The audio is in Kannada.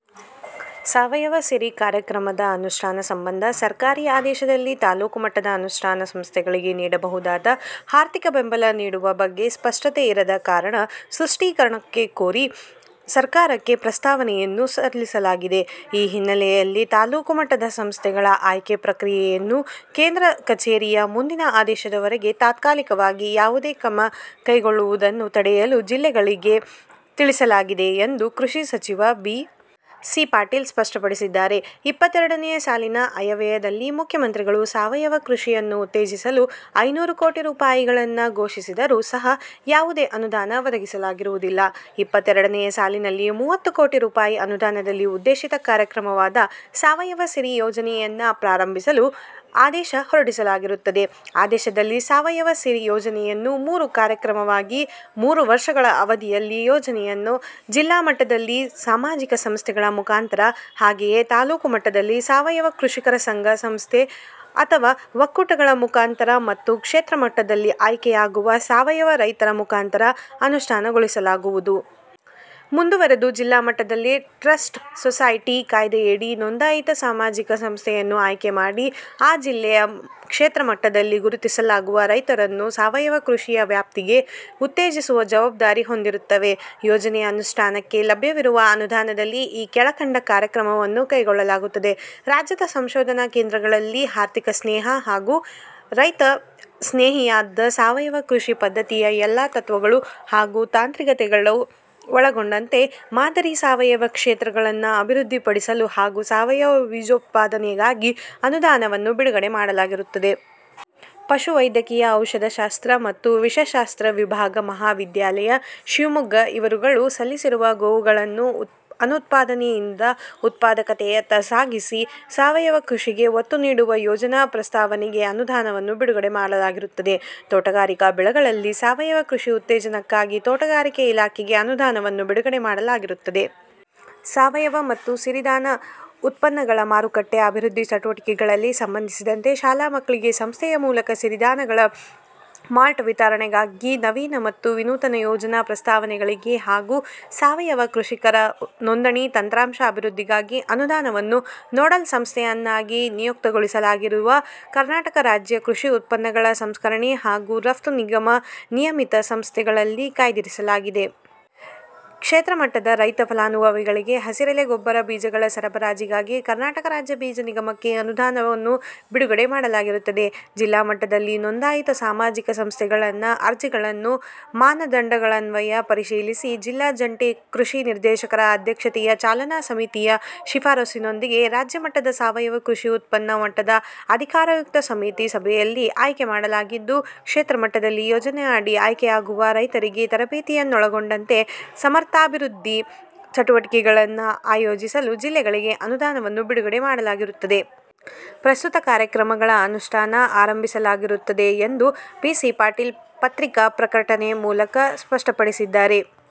ಸಾವಯವ ಸಿರಿ ಕಾರ್ಯಕ್ರಮದ ಅನುಷ್ಠಾನ ಸಂಬಂಧ ಸರ್ಕಾರಿ ಆದೇಶದಲ್ಲಿ ತಾಲೂಕು ಮಟ್ಟದ ಅನುಷ್ಠಾನ ಸಂಸ್ಥೆಗಳಿಗೆ ನೀಡಬಹುದಾದ, ಆರ್ಥಿಕ ಬೆಂಬಲ ನೀಡುವ ಬಗ್ಗೆ ಸ್ಪಷ್ಟತೆ ಇರದ ಕಾರಣ ಸೃಷ್ಟೀಕರಣ ಕೋರಿ ಸರ್ಕಾರಕ್ಕೆ ಪುಸ್ತಾವನೆಯನ್ನು ಸಲ್ಲಿಸಲಾಗಿದೆ. ಈ ಹಿನ್ನೆಲೆಯಲ್ಲಿ ತಾಲ್ಲೂಕು ಮಟ್ಟದ ಸಂಸ್ಥೆಗಳ ಆಯ್ಕೆ ಪ್ರಕ್ರಿಯೆಯನ್ನು ಕೇಂದ್ರ ಕಚೇರಿಯ ಮುಂದಿನ ಆದೇಶದವರೆಗೆ ತಾತ್ಕಾಲಿಕವಾಗಿ ಯಾವುದೇ ಕ್ರಮ ಕೈಗೊಳ್ಳುವುದನ್ನು ತಡೆಹಿಡಿಯಲು ಜಿಲ್ಲೆಗಳಿಗೆ ತಿಳಿಸಲಾಗಿದೆ ಎಂದು ಕೃಷಿ ಸಚಿವ ಬಿ. ಸಿ. ಪಾಟೀಲ್ ಸ್ಪಷ್ಟಪಡಿಸಿದ್ದಾರೆ. ಇಪ್ಪತ್ತೆರಡನೆ ಸಾಲಿನ ಆಯವ್ಯಯದಲ್ಲಿ ಮುಖ್ಯಮಂತ್ರಿಗಳು ಸಾವಯವ ಕೃಷಿಯನ್ನು ಉತ್ತೇಜಿಸಲು ಐನೂರು ಕೋಟಿ ರೂಪಾಯಿಗಳನ್ನು ಘೋಷಿಸಿದರೂ ಸಹ ಯಾವುದೇ ಅನುದಾನ ಒದಗಿಸಲಾಗಿರುವುದಿಲ್ಲ. ಇಪ್ಪತ್ತೆರಡನೆ ಸಾಲಿನಲ್ಲಿ ಮೂವತ್ತು ಕೋಟಿ ರುಪಾಯಿ ಅನುದಾನದಲ್ಲಿ ಉದ್ದೇಶಿತ ಕಾರ್ಯಕ್ರಮವಾದ 'ಸಾವಯವ ಸಿರಿ' ಯೋಜನೆಯನ್ನು ಪ್ರಾರಂಭಿಸಲು ಆದೇಶ ಹೊರಡಿಸಲಾಗಿರುತ್ತದೆ. ಆದೇಶದಲ್ಲಿ 'ಸಾವಯವ ಸಿರಿ' ಯೋಜನೆಯನ್ನು ಮೂರು ಕಾರ್ಯಕ್ರಮವಾಗಿ ಮೂರು ವರ್ಷಗಳ ಅವಧಿಯಲ್ಲಿ ಯೋಜನೆಯನ್ನು ಜಿಲ್ಲಾ ಮಟ್ಟದಲ್ಲಿ ಸಾಮಾಜಿಕ ಸಂಸ್ಥೆಗಳ ಮುಖಾಂತರ ಹಾಗೆಯೇ ತಾಲೂಕು ಮಟ್ಟದಲ್ಲಿ ಸಾವಯವ ಕೃಷಿಕರ ಸಂಘ ಸಂಸ್ಥೆ ಅಥವಾ ಒಕ್ಕೂಟಗಳ ಮುಖಾಂತರ ಮತ್ತು ಕ್ಷೇತ್ರ ಮಟ್ಟದಲ್ಲಿ ಆಯ್ಕೆಯಾಗುವ ಸಾವಯವ ರೈತರ ಮುಖಾಂತರ ಅನುಷ್ಠಾನಗೊಳಿಸಲಾಗುವುದು. ಮುಂದುವರೆದು, ಜಿಲ್ಲಾಮಟ್ಟದಲ್ಲಿ ಟ್ರಸ್ಟ್ ಸೊಸೈಟಿ ಕಾಯ್ದೆಯಡಿ ನೊಂದಾಯಿತ ಸಾಮಾಜಿಕ ಸಂಸ್ಥೆಯನ್ನು ಆಯ್ಕೆಮಾಡಿ ಆ ಜಿಲ್ಲೆಯ ಕ್ಷೇತ್ರ ಮಟ್ಟದಲ್ಲಿ ಗುರುತಿಸಲಾಗುವ ರೈತರನ್ನು ಸಾವಯವ ಕೃಷಿಯ ವ್ಯಾಪ್ತಿಗೆ ಉತ್ತೇಜಿಸುವ ಜವಾಬ್ದಾರಿ ಹೊಂದಿರುತ್ತವೆ. ಯೋಜನೆಯ ಅನುಷ್ಠಾನಕ್ಕೆ ಲಭ್ಯವಿರುವ ಅನುದಾನದಲ್ಲಿ ಈ ಕೆಳಕಂಡ ಕ್ರಮಗಳನ್ನು ಕೈಗೊಳ್ಳಲಾಗಿದೆ. ರಾಜ್ಯದ ಸಂಶೋಧನ ಕೇಂದ್ರಗಳಲ್ಲಿ ಆರ್ಥಿಕ ಸ್ನೇಹ ಹಾಗೂ ರೈತ ಸ್ನೇಹಿಯಾದ ಸಾವಯವ ಕೃಷಿ ಪದ್ಧತಿಯ ಎಲ್ಲಾ ತತ್ವಗಳು ಹಾಗೂ ತಾಂತ್ರಿಕತೆಗಳು ಒಳಗೊಂಡಂತೆ, ಮಾದರಿ ಸಾವಯವ ಕ್ಷೇತ್ರ ಗಳನ್ನು ಅಭಿವೃದ್ಧಿ ಪಡಿಸಲು ಹಾಗೂ ಸಾವಯವ ಬೀಜೋತ್ಪಾದನೆಗಾಗಿ ಅನುದಾನವನ್ನು ಬಿಡುಗಡೆ ಮಾಡಲಾಗಿರುತ್ತದೆ. ಪಶುವೈದ್ಯಕೀಯ ಔಷಧ ಶಾಸ್ತ್ರ ಮತ್ತು ವಿಷ ಶಾಸ್ತ್ರ ವಿಭಾಗ ಮಹಾವಿದ್ಯಾಲಯ, ಶಿವಮೊಗ್ಗ ಇವರುಗಳು ಸಲ್ಲಿಸಿರುವ ಗೋವುಗಳನ್ನು ಅನುತ್ಪಾದನೆಯಿಂದ ಉತ್ಪಾದಕತೆಯತ್ತ ಸಾಗಿಸಿ ಸಾವಯವ ಕೃಷಿಗೆ ಒತ್ತು ನೀಡುವ ಯೋಜನಾ ಪ್ರಸ್ತಾವನೆಗೆ ಅನುದಾನವನ್ನು ಬಿಡುಗಡೆ ಮಾಡಲಾಗಿರುತ್ತದೆ. ತೋಟಗಾರಿಕಾ ಬೆಳೆಗಳಲ್ಲಿ ಸಾವಯವ ಕೃಷಿ ಉತ್ತೇಜನಕ್ಕಾಗಿ ತೋಟಗಾರಿಕೆ ಇಲಾಖೆಗೆ ಅನುದಾನವನ್ನು ಬಿಡುಗಡೆ ಮಾಡಲಾಗಿರುತ್ತದೆ. ಸಾವಯವ ಮತ್ತು ಸಿರಿಧಾನ ಉತ್ಪನ್ನಗಳ ಮಾರುಕಟ್ಟೆ ಅಭಿವೃದ್ಧಿ ಚಟುವಟಿಕೆಗಳಿಗೆ ಸಂಬಂಧಿಸಿದಂತೆ, ಶಾಲಾ ಮಕ್ಕಳಿಗೆ ಸಂಸ್ಥೆಯ ಮೂಲಕ ಸಿರಿಧಾನಗಳ ಮಾಲ್ಟ್ ವಿತರಣೆಗಾಗಿ, ನವೀನ ಮತ್ತು ವಿನೂತನ ಯೋಜನಾ ಪ್ರಸ್ತಾವನೆಗಳಿಗೆ ಹಾಗೂ ಸಾವಯವ ಕೃಷಿಕರ ನೋಂದಣಿ ತಂತ್ರಾಂಶ ಅಭಿವೃದ್ಧಿಗಾಗಿ ಅನುದಾನವನ್ನು ನೋಡಲ್ ಸಂಸ್ಥೆಯನ್ನಾಗಿ ನಿಯುಕ್ತಿಗೊಳಿಸಲಾಗಿರುವ ಕರ್ನಾಟಕ ರಾಜ್ಯ ಕೃಷಿ ಉತ್ಪನ್ನಗಳ ಸಂಸ್ಕರಣೆ ಹಾಗೂ ರಫ್ತು ನಿಗಮ ನಿಯಮಿತ ಸಂಸ್ಥೆಯಲ್ಲಿ ಕಾಯ್ದಿರಿಸಲಾಗಿದೆ. ಕ್ಷೇತ್ರ ಮಟ್ಟದ ರೈತ ಫಲಾನುಭವಿಗಳಿಗೆ ಹಸಿರಲೆ ಗೊಬ್ಬರ ಬೀಜಗಳ ಸರಬರಾಜಿಗಾಗಿ ಕರ್ನಾಟಕ ರಾಜ್ಯ ಬೀಜ ನಿಗಮಕ್ಕೆ ಅನುದಾನವನ್ನು ಬಿಡುಗಡೆ ಮಾಡಲಾಗಿರುತ್ತದೆ. ಜಿಲ್ಲಾ ಮಟ್ಟದಲ್ಲಿ ನೋಂದಾಯಿತ ಸಾಮಾಜಿಕ ಸಂಸ್ಥೆಗಳನ್ನು ಅರ್ಜಿಗಳನ್ನು ಮಾನದಂಡಗಳನ್ವಯ ಪರಿಶೀಲಿಸಿ ಜಿಲ್ಲಾ ಜಂಟಿ ಕೃಷಿ ನಿರ್ದೇಶಕರ ಅಧ್ಯಕ್ಷತೆಯ ಚಾಲನಾ ಸಮಿತಿಯ ಶಿಫಾರಸಿನೊಂದಿಗೆ ರಾಜ್ಯ ಮಟ್ಟದ ಸಾವಯವ ಕೃಷಿ ಉನ್ನತ ಮಟ್ಟದ ಅಧಿಕಾರಯುಕ್ತ ಸಮಿತಿ ಸಭೆಯಲ್ಲಿ ಆಯ್ಕೆ ಮಾಡಲಾಗಿದ್ದು, ಕ್ಷೇತ್ರಮಟ್ಟದಲ್ಲಿ ಯೋಜನೆಯಡಿ ಆಯ್ಕೆಯಾಗುವ ರೈತರಿಗೆ ತರಬೇತಿಯನ್ನೊಳಗೊಂಡಂತೆ ಸಾಮಾರ್ಥಾಭಿವೃದ್ಧಿ ಚಟುವಟಿಕೆಗಳನ್ನು ಆಯೋಜಿಸಲು ಜಿಲ್ಲೆಗಳಿಗೆ ಅನುದಾನವನ್ನು ಬಿಡುಗಡೆ ಮಾಡಲಾಗಿರುತ್ತದೆ. ಪ್ರಸ್ತುತ ಕಾರ್ಯಕ್ರಮಗಳ ಅನುಷ್ಠಾನ ಪ್ರಾರಂಭಿಸಲಾಗಿರುತ್ತದೆ ಎಂದು ಬಿಸಿಪಾ ಪತ್ರಿಕಾ ಪ್ರಕಟಣೆ ಮೂಲಕ ಸ್ಪಷ್ಟಪಡಿಸಿದ್ದಾರೆ.